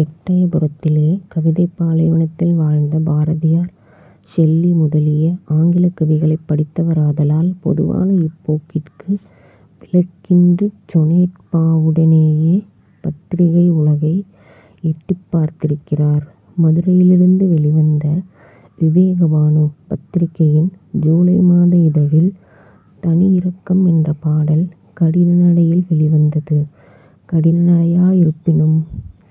எட்டயபுரத்திலே கவிதைப் பாலைவனத்தில் வாழ்ந்த பாரதியார் ஷெல்லி முதலிய ஆங்கிலக் கவிகளைப் படித்தவராதலால், பொதுவான இப்போக்கிற்கு விலக்கின்றிச் 'சொனேற்' பாவுடனேயே பத்திரிகை உலகை எட்டிப் பார்த்திருக்கிறார். மதுரையிலிருந்து வௌிவந்த "விவேகபானு" பத்திரிகையின் ஜூலை மாத இதழில் தனியிரக்கம் என்ற பாடல் கடினநடையில் வௌிவந்தது, கடின நடையாயிருப்பினும்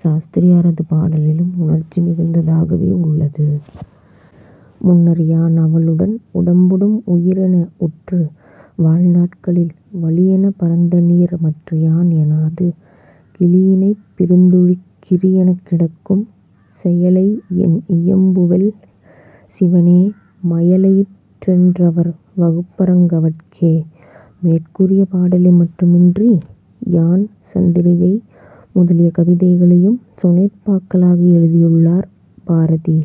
சாஸ்திரிரியாரது பாடலிலும் உணர்ச்சி மிகுந்ததாகவே உள்ளது. முன்னர் யான் அவளுடன் உடம்பொடும் உயிரென உற்று வாழ் நாட்களில் வளியென பறந்தநீர் மற்றியான் எனாது கிளியினைப் பிரிந்துழிக் கிரியெனக் கிடக்கும் செயலையென் இயம்புவல் சிவனே மயலையிற் றென்றெவர் வகுப்பரங் கவட்கே. " மேற்கூறிய பாடலை மட்டுமன்றி யான், சந்திரிகை முதலிய கவிதைகளையும் சொனேற் பாக்களாக எழுதியுள்ளார் பாரதி.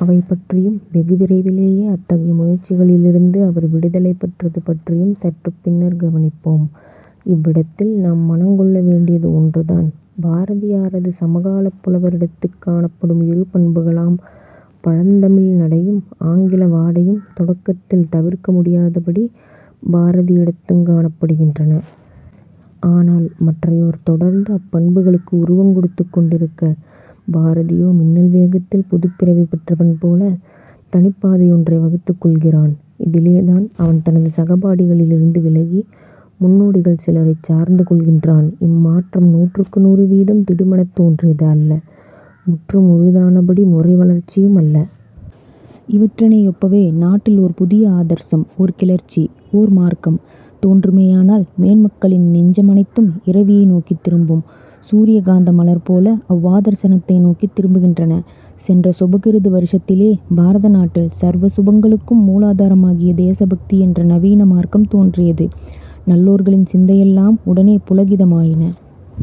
அவை பற்றியும் வெகு விரைவிலேயே அத்தகைய முயற்சிகளிலிருந்து அவர் 'விடுதலை' பெற்றது பற்றியும் சற்றுப் பின்னர் கவனிப்போம். இவ்விடத்தில் நாம் மனங்கொள்ள வேண்டியது ஒன்று தான். பாரதியாரது சமகாலப் புலவரிடத்துக் காணப்படும் இரு பண்புகளாம் பழந்தமிழ் நடையும், ஆங்கில வாடையும் தொடக்கத்தில் தவிர்க்க முடியாதபடி பாரதியிடத்துங் காணப்படுகின்றன. ஆனால் மற்றையோர் தொடர்ந்து அப்பண்புகளுக்கு உருவங்கொடுத்துக் கொண்டிருக்க, பாரதியோ மின்னல் வேகத்தில் புதுப்பிறவி பெற்றவன் போல் தனிப்பாதையொன்றை வகுத்துக் கொள்கிறான். இதிலேதான் அவன் தனது சகபாடிகளிலிருந்து விலகி, முன்னோடிகள் சிலரைச் சார்ந்து கொள்கின்றான். இம்மாற்றம் நூற்றுக்கு நூறு வீதம் திடுமெனத் தோன்றியது அல்ல; முற்று முழுதானபடிமுறை வளர்ச்சியுமல்ல. இவற்றினை யொப்பவே, நாட்டில் ஓர் புதிய ஆதர்சம்-ஒர் கிளர்ச்சி-ஓர் மார்க்கம் தோன்றுமேயானால் மேன்மக்களின் நெஞ்ச மனைத்தும் இரவியை நோக்கித் திரும்பும் சூரிய காந்த மலர்போல அவ்வாதர்சத்தை நோக்கித் திரும்புகின்றன. சென்ற சுபகிருது வருஷத்திலே பாரத நாட்டில் சர்வ சுபங்களுக்கும் மூலாதாரமாகிய "தேசபக்தி" என்ற நவீன மார்க்கம் தோன்றியது, நல்லோர்களின் சிந்தையெல்லாம் உடனே புளகிதமாயின.